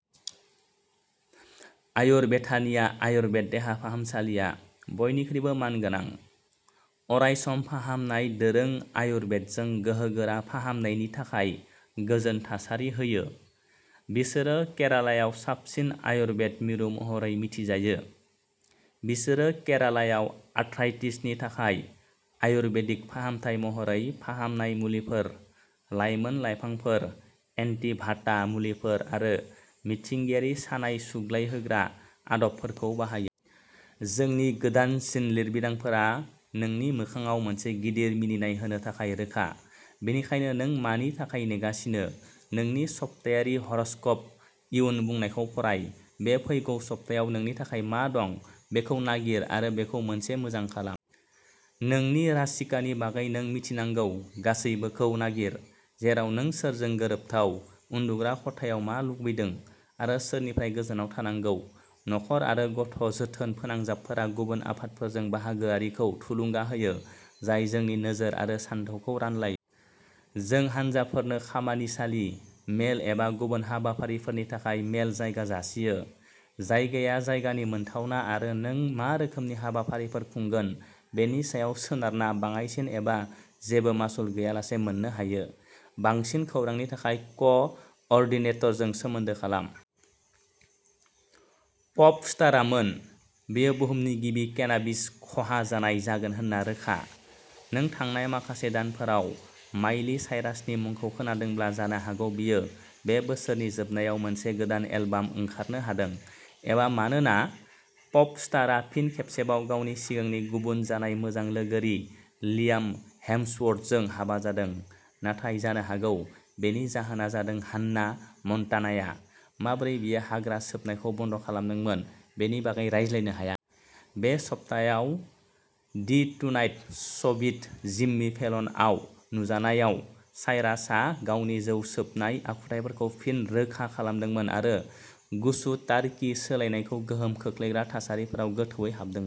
आयुर बेथानिया आयुरबेद देहा फाहामसालिया बयनिख्रुइबो मानगोनां, अरायसम फाहामनाय दोरों-आयुरबेदजों गोहोगोरा फाहामनायनि थाखाय गोजोन थासारि होयो। बिसोरो केरालायाव साबसिन आयुरबेद मिरु महरै मिथिजायो। बिसोरो केरालायाव आथ्राइटिसनि थाखाय आयुर्बेदिक फाहामथाय महरै फाहामनाय मुलिफोर, लायमोन लायफांफोर, एन्टि भाटा मुलिफोर आरो मिथिंगायारि सानाय सुग्लायहोग्रा आदबफोरखौ बाहायो। जोंनि गोदानसिन लिरबिदांफोरा नोंनि मोखांआव मोनसे गिदिर मिनिनाय होनो थाखाय रोखा, बेनिखायनो नों मानि थाखाय नेगासिनो? नोंनि सप्तायारि ह'र'स्क'प इयुन बुंनायखौ फराय। बे फैगौ सप्तायाव नोंनि थाखाय मा दं बेखौ नागिर आरो बेखौ मोनसे मोजां खालाम! नोंनि राशिकानि बागै नों मिथिनांगौ गासैबोखौ नागिर, जेराव नों सोरजों गोरोबथाव, उन्दुग्रा खथायाव मा लुबैदों आरो सोरनिफ्राय गोजानाव थानांगौ! नखर आरो गथ'जोथोन फोनांजाबफोरा गुबुन आफादफोरजों बाहागोआरिखौ थुलुंगा होयो जाय जोंनि नोजोर आरो सानथौखौ रानलायो। जों हानजाफोरनो खामानिसालि, मेल एबा गुबुन हाबाफारिफोरनि थाखाय मेल जायगा जासियो। जायगाया जायगानि मोनथावना आरो नों मा रोखोमनि हाबाफारिफोर खुंगोन बेनि सायाव सोनारना बाङायसिन एबा जेबो मासुल गैयालासे मोननो हायो। बांसिन खौरांनि थाखाय क'- अर्डिनेटरजों सोमोन्दो खालाम। पप-स्टारआमोन। बियो बुहुमनि गिबि केनाबिस खहा जानाय जागोन होन्ना रोखा। नों थांनाय माखासे दानफोराव माइलि साइरासनि मुंखौ खोनादोंब्ला, जानो हागौ बियो बे बोसोरनि जोबनायाव मोनसे गोदान एलबाम ओंखारनो हादों, एबा मानोना पप-स्टारआ फिन खेबसेबाव गावनि सिगांनि गुबुन जानाय मोजां लोगोरि लियाम हेम्सवर्थजों हाबा जादों, नाथाय जानो हागौ, बेनि जाहोना जादों हान्ना मन्टानाया माबोरै बियो हाग्रा सोबनायखौ बन्द खालामदोंमोन बेनि बागै रायज्लायनो हाया। बे सप्तायाव "the tonight show with Jimmy Fallon" आव नुजानायाव, साइरासआ गावनि जौ सोबनाय आखुथाइफोरखौ फिन रोखा खालामदोंमोन आरो गुसु-टार्कि सोलायनायखौ गोहोम खोख्लैग्रा थासारिफोराव गोथौवै हाबदोंमोन।